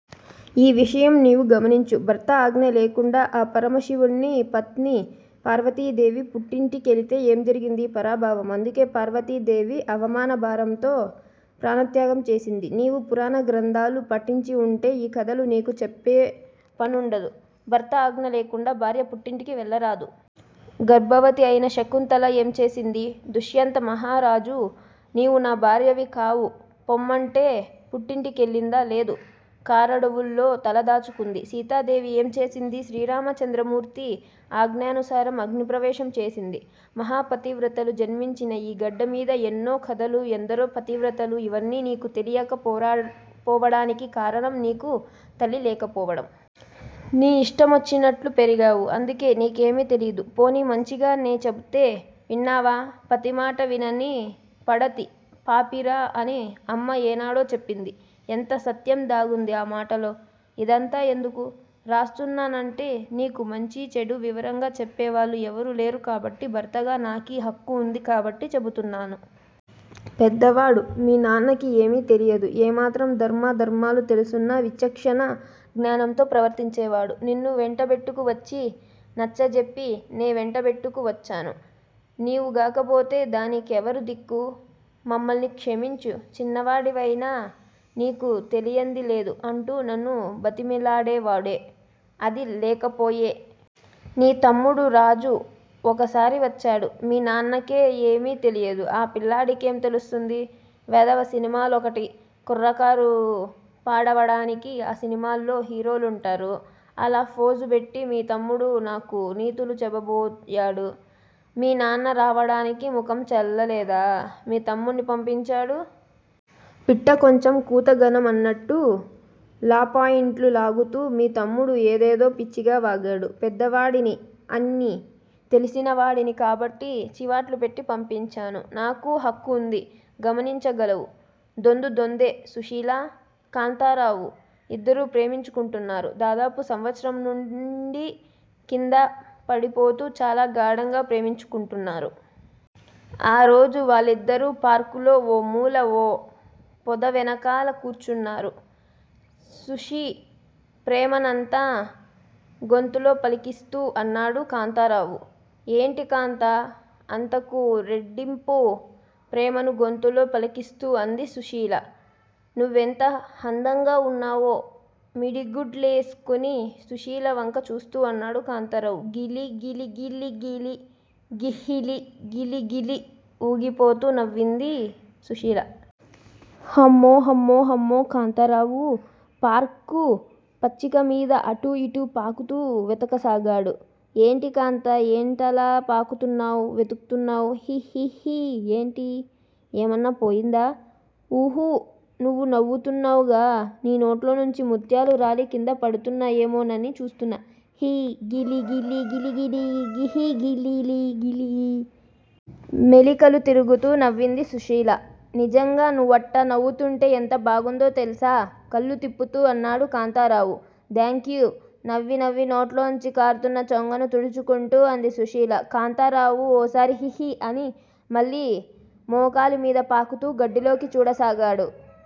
ఈ విషయం నీవు గమనించు. భర్త అజ్ఞ లేకుండా ఆ పరమ శివుని పత్ని పార్వతీదేవి పుట్టింటి కెళితే ఏం జరిగింది? పరాభవం: అందుకే పార్వతీదేవి అవమానభారంతో ప్రాణత్యాగం చేసింది. నీవు పురాణ గ్రంధాలు పఠించి వుంటే ఈ కధలు నీకు చెప్పే పనుండదు. భర్త అజ్ఞ లేకుండా భార్య పుట్టింటి కెళ్ళరాదు. గర్భవతి అయిన శకుంతల ఏం చేసింది? దుష్యంత మహారాజు నీవు నా భార్యవి కావు పొమ్మంటే పుట్టింటి కెళ్ళిందా? లేదు. కారడువుల్లో తలదాచుకుంది. సీతాదేవి ఏం చేసింది? శ్రీరామచంద్రమూర్తి అజ్ఞానుసారం అగ్ని ప్రవేశం చేసింది. మహాపతివ్రతలు జన్మించిన ఈ గడ్డ మీద ఎన్నో కధలు, ఎందరో పతివ్రతలు- ఇవన్నీ నీకు తెలియక పోవటానికి కారణం నీకు తల్లి లేకపోవటం. నీ ఇష్టమొచ్చినట్లు పెరిగావు, అందుకే నీకేమి తెలియదు. పోనీ మంచిగా నే చెబితే విన్నావా! పతిమాట వినని పడతి పాపిరా అని అమ్మ ఏనాడో చెప్పింది. ఎంత సత్యం దాగుంది ఆ మాటలో, ఇదంతా ఎందుకు రాస్తున్నానంటే నీకు మంచి-చెడు వివరంగా చెప్పేవాళ్ళు ఎవ్వరు లేరు కాబట్టే భర్తగా నాకీ హక్కు వుంది కాబట్టే చెపుతున్నాను. పెద్దవాడు, మీ నాన్నకి ఏమి తెలియదు. ఏమాత్రం ధర్మా ధర్మాలు తెలిసున్నా విచక్షణ జ్ఞానంతో ప్రవర్తించేవాడు. నిన్ను వెంటబెట్టుకు వచ్చి, నచ్చజెప్పి నే వెంటబెట్టుకు వచ్చాను, నీవు గాకపోతే దానికెవరు దిక్కు, మమ్మల్ని క్షమించు చిన్నవాడివయినా నీకు తెలియంది లేదు అంటూ నన్ను బతిమిలాడేవాడే, అది లేకపోయె. నీ తమ్ముడు రాజు ఓసారి వచ్చాడు. మీనాన్నకే ఏమి తెలియదు, ఆ పిల్లాడికేం తెలిస్తుంది? వెధవ సినిమలోకటి, కుర్రకారు పాడవటానికి, ఆ సినిమాల్లో హిరోలుంటారు. అలా ఫోజు పెట్టి మీ తమ్ముడు నాకు నీతులు చెప్పబోయాడు, మీ నాన్న రావటానికి ముఖం చెల్లలేదా? మీ తమ్ముణ్ని పంపించాడు? పిట్ట కొంచం కూత ఘనం అన్నట్లు లాపాయింట్లు లాగుతూ మీ తమ్ముడు ఏదేదో పిచ్చిగా వాగాడు. పెద్దవాడిని, అన్ని తెలిసినవాడిని కాబట్టి చివాట్లు పెట్టి పంపించాను. నాకా హక్కు వుంది. గమనించగలవు. దొందూ దొందే సుశీలా, కాంతారావు ఇద్దరూ ప్రేమించుకుంటున్నారు. దాదాపు సంవత్సరం నుండీ కిందా పడిపోతూ చాలా గాఢంగా ప్రేమించుకుంటున్నారు. ఆరోజు వాళ్లిద్దరూ పార్కులో ఓ మూల ఓ పొదవెనకాల కూర్చున్నారు. సుశీ ప్రేమనంతా గొంతులో పలికిస్తూ అన్నాడు కాంతారావు. ఏంటి కాంతా అంతకు రెట్టింపు ప్రేమను గొంతులో పలికిస్తూ అంది సుశీల. నువ్వెంత హందంగా ఉన్నవో?! మిడిగుడ్లేస్కుని సుశీల వంక చూస్తూ అన్నాడు కాంతారావు. గిలి గిలిగిలిగిలి గిహ్హిలి గిలిగిలి ఊగిపోతూ నవ్వింది సుశీల. హమ్మో హమ్మో హమ్మో కాంతారావు పార్కు పచ్చికమీద అటూ ఇటూ పాకుతూ వెతకసాగాడు. ఏంటి కాంతా ఏంటలా పాకుతున్నావ్? వెతుకుతున్నా హి హిహి ఏంటి? ఏమన్నా పోయిందా? ఉహు నువ్ నవ్వుతున్నావ్ గా నీ నోట్లోంచి ముత్యాలు రాలి కింద పడ్తున్నాయేమోనని చూస్తున్నా హి గిలి గిలి గిలిగిలి గిహ్హిలిగిలి గిలి! మెలికలు తిరిగిపోతూ నవ్వింది సుశీల. నిజ్జంగా నువ్వట్టా నవ్వుతుంటే ఎంత బాగుంటుందో తెల్సా? కళ్ళు తిప్పుతూ అన్నాడు కాంతారావు. థాంక్యూ నవ్వీ నవ్వీ నోట్లోంచి కార్తున్న చొంగని తుడ్చుకుంటూ అంది సుశీల. కాంతారావు ఓసారి హిహి అని మళ్ళీ మోకాలి మీద పాకుతూ గడ్డిలోకి చూడసాగాడు.